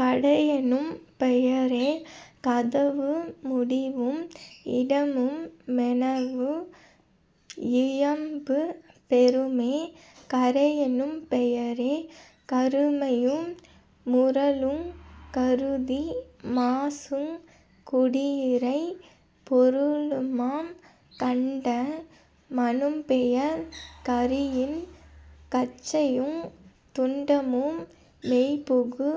கடையெனும் பெயரே கதவு முடிவும் இடமும் மெனவே யியம்பப் பெறுமே..... கறையெனும் பெயரே கருமையு முரலுங்। கருதி மாசுங் குடியிறைப் பொருளுமாம்..... கண்ட மெனும்பெயர் கரியின் கச்சையுந் துண்டமு மெய்புகு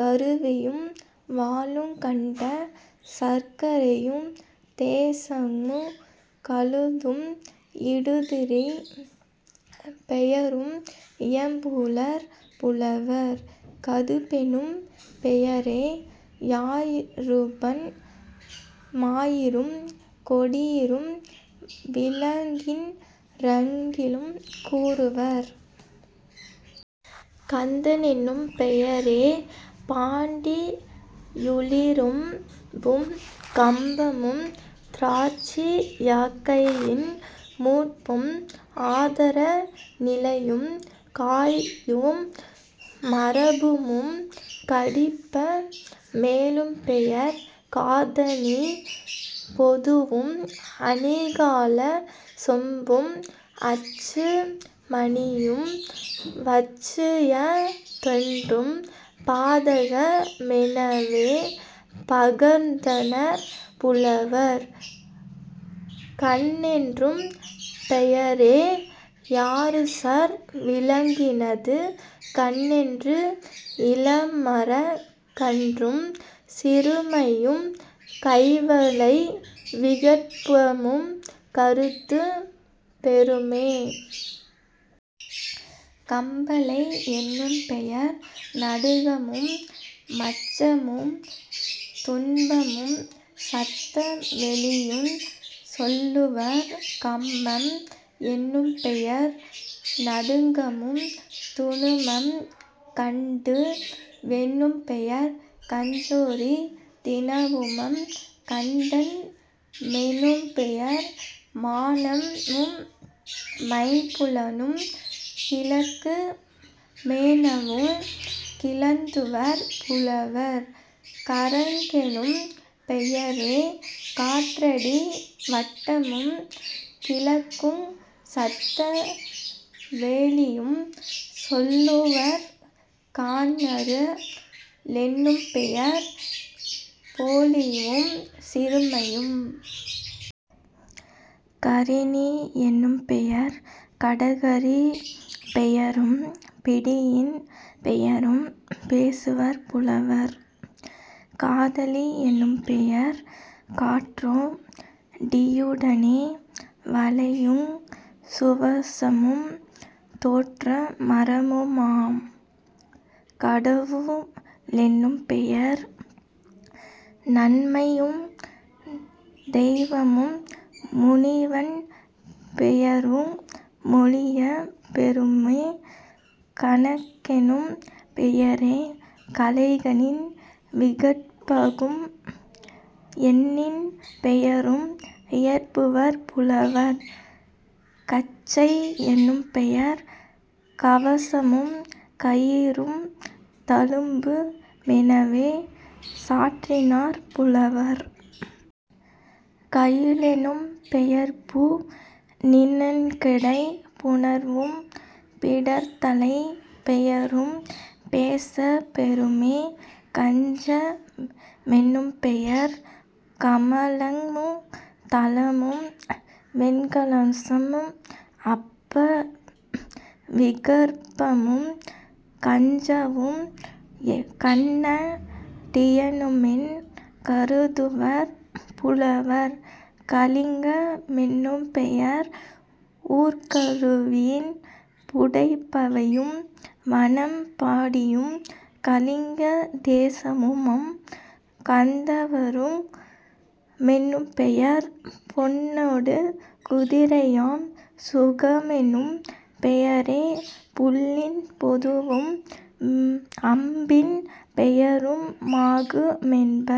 கருவியும் வாளுங் கண்ட சர்க்கரையுந் தேசமுங் கழுத்தும் இடுதிரைப் பெயரும் இயம்புவர் புலவர்..... கதுப்பெனும் பெயரே யாருபர் மாயிரும் கொடிறும் விலங்கின் றிரளுங் கூறுவர்..... கந்தென்னும் பெயரே பாண்டி யுளிரும்பும் கம்பமும் திராட்சி யாக்கையின் மூட்டும் ஆதார நிலையும் காய்க்கும் மரபமுமாம்..... கடிப்ப மெனும்பெயர் காதணிப் பொதுவும் அணிகலச் செப்பும் அச்சு மணியும் வச்சியத் தொன்றும் பாதக்க மெனவே பகர்ந்தனர் புலவர்..... கன்றென்னும் பெயரே யொருசார் விலங்கினது கன்றும் இளமரக் கன்னேறுசிறுமையும் கைவளை விகற்பமுங் கருதப் பெறுமே..... கம்பலை யெனும்பெயர் நடுக்கமு மச்சமுந் துன்பமுஞ் சத்த வொலியுஞ் சொல்லுவர்..... கம்பம் எனும்பெயர் நடுங்கமும் தூணுமாம்..... கண்டூ வெனும்பெயர் கஞ்சொறி தினவுமாம்..... கந்த மெனும்பெயர் மாணமும் மைம்புலனும் கிழங்கு மெனவே கிளத்துவர் புலவர்..... கறங்கெனும் பெயரே காற்றடி வட்டமும் கழலுஞ் சத்த வொலியும் சொல்லுவர்..... காஞற லெனும்பெயர் போலிவும் சிறுமையும்..... கரணி யெனும்பெயர் கடகரிப் பெயரும் பிடியின் பெயரும் பேசுவர் புலவர்..... காதலி யெனும்பெயர் காற்றா டியுடனே வாழையுந் துவசமும் தேற்றா மரமுமாம்..... கடவு ளெனும்பெயர் நன்மையுந் தெய்வமும் முனிவன் பெயரு மொழியப் பெறுமே..... கணக்கெனும் பெயரே கலைகளின் விகற்பமும் எண்ணின் பெயரும் இயம்புவர் புலவர்..... கச்சை யெனும்பெயர் கவசமும் கயிறும் தழும்பு மெனவே சாற்றினர் புலவர்..... கயிலெனும் பெயர்பூ ணின்கடைப் புணர்வும் பிடர்த்தலை பெயரும் பேசப் பெறுமே.... கஞ்ச மெனும்பெயர் கமலமுந் தளமும் வெண்கலசமும் அப்ப விகற்பமுங் கஞ்சவும் கண்ண டியுமெனக் கருதுவர் புலவர்..... கலிங்க மெனும்பெயர் ஊர்க்குருவியும் புடைவையும் வானம் பாடியும் கலிங்க தேசமுமாம்..... கந்தருவ மெனும்பெயர் பெண்ணோடு குதிரையாம்..... சுகமெனும் பெயரே புள்ளின் பொதுவும் அம்பின் பெயரு மாகு மென்ப.